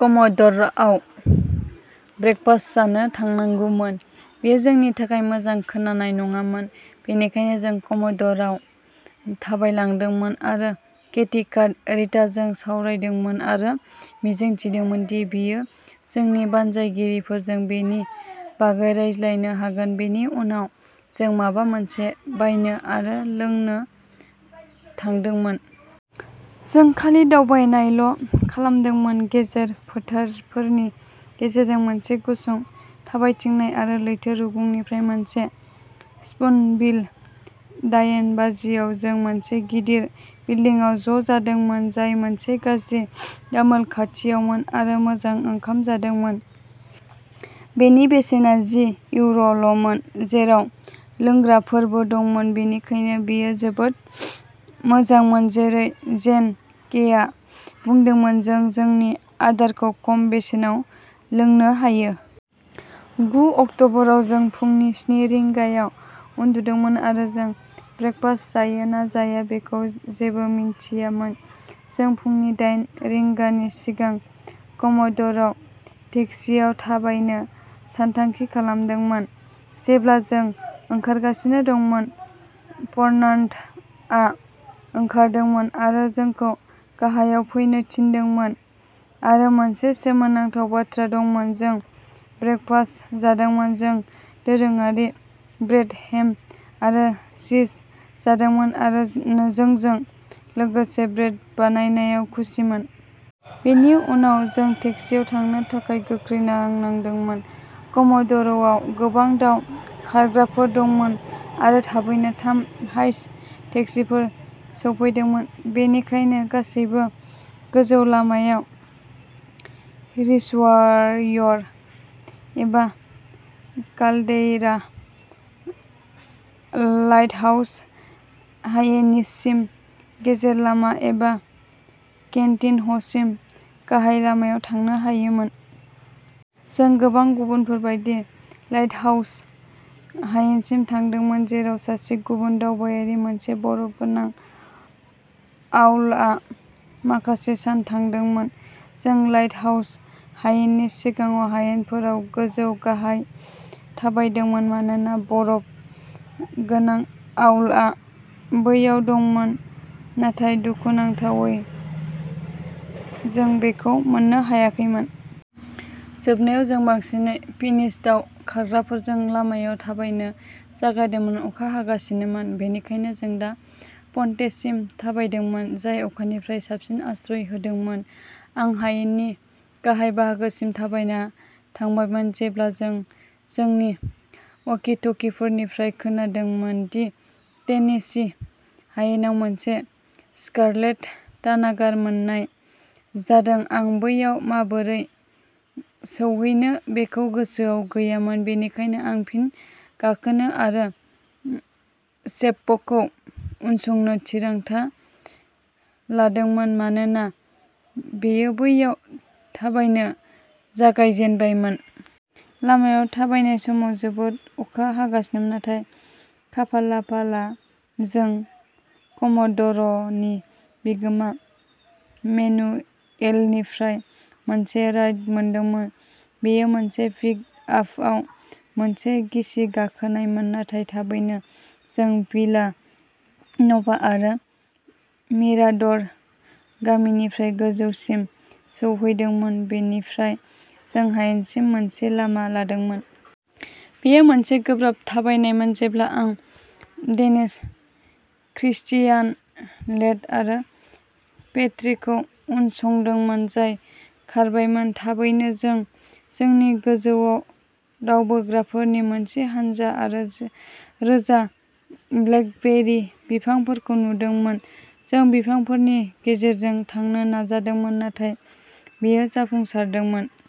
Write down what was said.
कम'ड'र'आव breakfast जानो थांनांगौमोन। बेयो जोंनि थाखाय मोजां खोनानाय नङामोन, बेनिखायनो जों कम'ड'र'आव थाबायलांदोंमोन आरो केथी काट रिताजों सावरायदोंमोन आरो मिजिं थिदोंमोन दि बियो जोंनि बानजायगिरिफोरजों बेनि बागै रायज्लायनो हागोन। बेनि उनाव जों माबा मोनसे बायनो आरो लोंनो थांदोंमोन। जों खालि दावबायनायल' खालामदोंमोन, गेजेर फोथारफोरनि गेजेरजों मोनसे गुसुं थाबायथिंनाय आरो लैथो रुगुंनिफ्राय मोनसे स्पुनबिल। दायेन बाजियाव जों मोनसे गिदिर बिल्डिंआव ज'जादोंमोन, जाय मोनसे गाज्रि दामोल खाथियावमोन आरो मोजां ओंखाम जादोंमोन। बेनि बेसेना जि इउर' ल'मोन, जेराव लोंग्राफोरबो दंमोन बेनिखायनो बेयो जोबोद मोजांमोन जेरै जेन केआ बुंदोंमोन जों जोंनि आदारखौ खम बेसेनाव लोंनो हायो। गु अक्ट'बराव जों फुंनि स्नि रिंगायाव उन्दुदोंमोन आरो जों ब्रेकफास्ट जायो ना जाया बेखौ जेबो मिन्थियामोन, जों फुंनि दायेन रिंगानि सिगां कम'ड'र'आव टेक्सिआव थाबायनो सानथांखि खालामदोंमोन। जेब्ला जों ओंखारगासिनो दंमोन, फर्नान्ड'आ ओंखारदोंमोन। आरो जोंखौ गाहायाव फैनो थिनदोंमोन आरो मोनसे सोमोनांथाव बाथ्रा दंमोन जों ब्रेकफास्ट जादोंमोन जों दोरोङारि ब्रेड, हेम आरो चीज जादोंमोन आरो नों जोंजों लोगोसे ब्रेड बानायनायाव खुसिमोन। बेनि उनाव जों टेक्सिआव थांनो थाखाय गोख्रै नांनांदोंमोन। कम'डर'आव गोबां दाव खारग्राफोर दंमोन आरो थाबैनो थाम हाइस टेक्सिफोर सौफैदोंमोन। बेनिखायनो गासैबो गोजौ लामायाव रिसर्वायर एबा काल्डेइरा, लाइटहाउस हायेनिसिम गेजेर लामा एबा केन्टिनह'सिम गाहाय लामायाव थांनो हायोमोन। जों, गोबां गुबुनफोर बायदि, लाइटहाउस हायेनसिम थांदोंमोन जेराव सासे गुबुन दावबायारि, मोनसे बरफ गोनां आउलआ माखासे सान थादोंमोन। जों लाइटहाउस हायेननि सिगाङाव हायेनफोराव गोजौ-गाहाय थाबायदोंमोन मानोना बरफ गोनां आउलआ बैयाव दंमोन नाथाय दुखुनांथावै जों बेखौ मोननो हायाखैमोन। जोबनायाव जों बांसिनै फिनिश दाव खारग्राफोरजों लामायाव थाबायनो जागायदोंमोन। अखा हागासिनोमोन, बेनिखायनो जों दा पन्टेसिम थाबायदोंमोन। जाय अखानिफ्राय साबसिन आश्रय होदोंमोन। आं हायेननि गाहाय बाहागोसिम थाबायना थांबायमोन, जेब्ला जों जोंनि वाकि-टकिफोरनिफ्राय खोनादोंमोन दि टेनेसि हायेनाव मोनसे स्कारलेट तानागर मोननाय जादों आं बैयाव माबोरै सौहैनो बेखौ गोसोआव गैयामोन, बेनिखायनो आं फिन गाखोनो आरो सेप्प'खौ उनसंनो थिरांथा लादोंमोन मानोना बियो बैयाव थाबायनो जागायजेनबायमोन। लामायाव थाबायनाय समाव जोबोद अखा हागासिनोमोन, नाथाय खाफालाफाला जों कम'डर'नि बिगोमा मेनुएलनिफ्राय मोनसे राइड मोनदोंमोन। बेयो मोनसे पिकआपआव मोनसे गिसि गाखोनायमोन, नाथाय थाबैनो जों भिला नभा आरो मिराड'र' गामिनिफ्राय गोजौसिम सौहैदोंमोन। बेनिफ्राय जों हायेनसिम मोनसे लामा लादोंमोन। बेयो मोनसे गोब्राब थाबायनायमोन जेब्ला आं डेनिश क्रिस्टियान लेथ आरो पेट्रिखौ उनसंदोंमोन, जाय खारबायमोन। थाबैनो जों जोंनि गोजौआव दावबोग्राफोरनि मोनसे हानजा आरो जे रोजा ब्लेकबेरी बिफांफोरखौ नुदोंमोन। जों बिफांफोरनि गेजेरजों थांनो नाजादोंमोन नाथाय बेयो जाफुंसारदोंमोन।